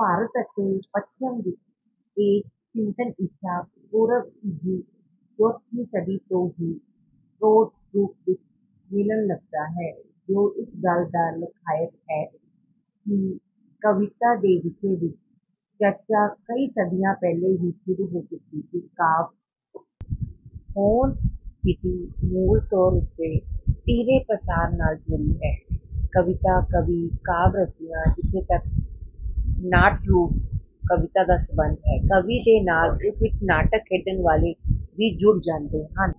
ਭਾਰਤ ਅਤੇ ਪੱਛਮ ਵਿੱਚ ਇਹ ਚਿੰਤਨ ਈਸਾ ਪੂਰਵ ਤੀਜੀ ਚੌਥੀ ਸਦੀ ਤੋਂ ਹੀ ਪ੍ਰੋਢ ਰੂਪ ਵਿੱਚ ਮਿਲਣ ਲੱਗਦਾ ਹੈ ਜੋ ਇਸ ਗੱਲ ਦਾ ਲਖਾਇਕ ਹੈ ਕਿ ਕਵਿਤਾ ਦੇ ਵਿਸ਼ੇ ਵਿੱਚ ਚਰਚਾ ਕਈ ਸਦੀਆਂ ਪਹਿਲਾਂ ਹੀ ਸ਼ੁਰੂ ਹੋ ਚੁੱਕੀ ਸੀ। ਕਾਵਿ ਹੋਂਦ ਵਿਧੀ ਮੂਲ ਤੌਰ ਉੱਤੇ ਤੀਹਰੇ ਪਸਾਰ ਨਾਲ ਜੁੜੀ ਹੈ। ਕਵਿਤਾ, ਕਵੀ, ਕਾਵਿ ਰਸੀਆ। ਜਿੱਥੇ ਤੱਕ ਨਾਟਰੂਪ ਕਵਿਤਾ ਦਾ ਸੰਬੰਧ ਹੈ, ਕਵੀ ਦੇ ਨਾਲ ਉਸ ਵਿੱਚ ਨਾਟਕ ਖੇਡਣ ਵਾਲੇ ਵੀ ਜੁੜ ਜਾਂਦੇ ਹਨ।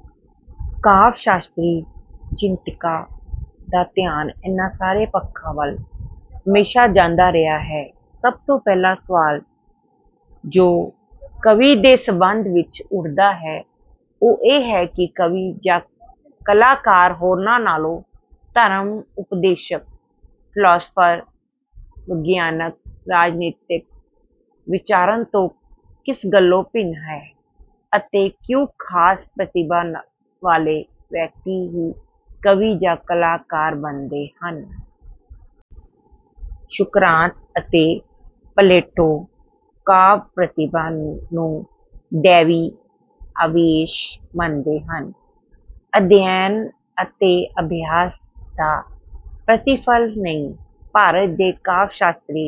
ਕਾਵਿ ਸ਼ਾਸਤਰੀ ਚਿੰਤਕਾਂ ਦਾ ਧਿਆਨ ਇਨ੍ਹਾਂ ਸਾਰੇ ਪੱਖਾਂ ਵੱਲ ਹਮੇਸ਼ਾ ਜਾਂਦਾ ਰਿਹਾ ਹੈ। ਸਭ ਤੋਂ ਪਹਿਲਾ ਸਵਾਲ ਜੋ ਕਵੀ ਦੇ ਸੰਬੰਧ ਵਿੱਚ ਉੱਠਦਾ ਹੈ, ਉਹ ਇਹ ਹੈ ਕਿ ਕਵੀ ਜਾਂ ਕਲਾਕਾਰ ਹੋਰਨਾਂ ਨਾਲੋਂ, ਧਰਮ ਉਪਦੇਸ਼ਕ, ਫਿਲਾਸਫਰ, ਵਿਗਿਆਨਕ, ਰਾਜਨੀਤਕ ਵਿਚਾਰਕ ਤੋਂ ਕਿਸ ਗੱਲੋਂ ਭਿੰਨ ਹੈ, ਅਤੇ ਕਿਉਂ ਖਾਸ ਪ੍ਰਤਿਭਾ ਵਾਲੇ ਵਿਅਕਤੀ ਹੀ ਕਵੀ ਜਾਂ ਕਲਾਕਾਰ ਬਣਦੇ ਹਨ। ਸੁਕਰਾਤ ਅਤੇ ਪਲੇਟੋ ਕਾਵਿ ਪ੍ਰਤਿਭਾ ਨੂੰ ਦੈਵੀ ਆਵੇਸ਼ ਮੰਨਦੇ ਹਨ, ਅਧਿਐਨ ਅਤੇ ਅਭਿਆਸ ਦਾ ਪ੍ਰਤੀਫਲ ਨਹੀਂ। ਭਾਰਤ ਦੇ ਕਾਵਿ ਸ਼ਾਸਤਰੀ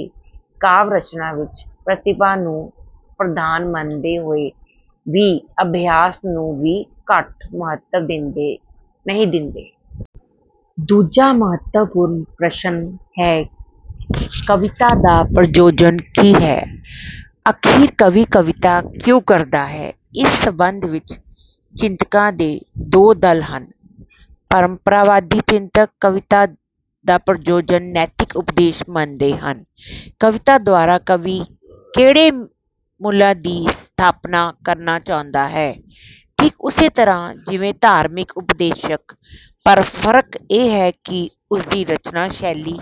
ਕਾਵਿ ਰਚਨਾ ਵਿੱਚ ਪ੍ਰਤਿਭਾ ਨੂੰ ਪ੍ਰਧਾਨ ਮੰਨਦੇ ਹੋਏ ਵੀ ਅਭਿਆਸ ਨੂੰ ਵੀ ਘੱਟ ਮਹੱਤਵ ਨਹੀਂ ਦਿੰਦੇ। ਦੂਜਾ ਮਹੱਤਵਪੂਰਨ ਪ੍ਰਸ਼ਨ ਹੈ, ਕਵਿਤਾ ਦਾ ਪ੍ਰਯੋਜਨ ਕੀ ਹੈ। ਆਖਿਰ ਕਵੀ ਕਵਿਤਾ ਕਿਉਂ ਕਰਦਾ ਹੈ। ਇਸ ਸੰਬੰਧ ਵਿੱਚ ਚਿੰਤਕਾਂ ਦੇ ਦੋ ਦਲ ਹਨ। ਪਰੰਪਰਾਵਾਦੀ ਚਿੰਤਕ ਕਵਿਤਾ ਦਾ ਪ੍ਰਯੋਜਨ ਨੈਤਿਕ ਉਪਦੇਸ਼ ਮੰਨਦੇ ਹਨ। ਕਵਿਤਾ ਦੁਆਰਾ ਕਵੀ ਕਿਹੜੇ ਮੁੱਲਾਂ ਦੀ ਸਥਾਪਨਾ ਕਰਨਾ ਚਾਹੁੰਦਾ ਹੈ, ਠੀਕ ਉਸੇ ਤਰ੍ਹਾਂ ਜਿਵੇਂ ਧਾਰਮਿਕ ਉਪਦੇਸ਼ਕ। ਪਰ ਫਰਕ ਇਹ ਹੈ ਕਿ ਉਸਦੀ ਰਚਨਾ ਸ਼ੈਲੀ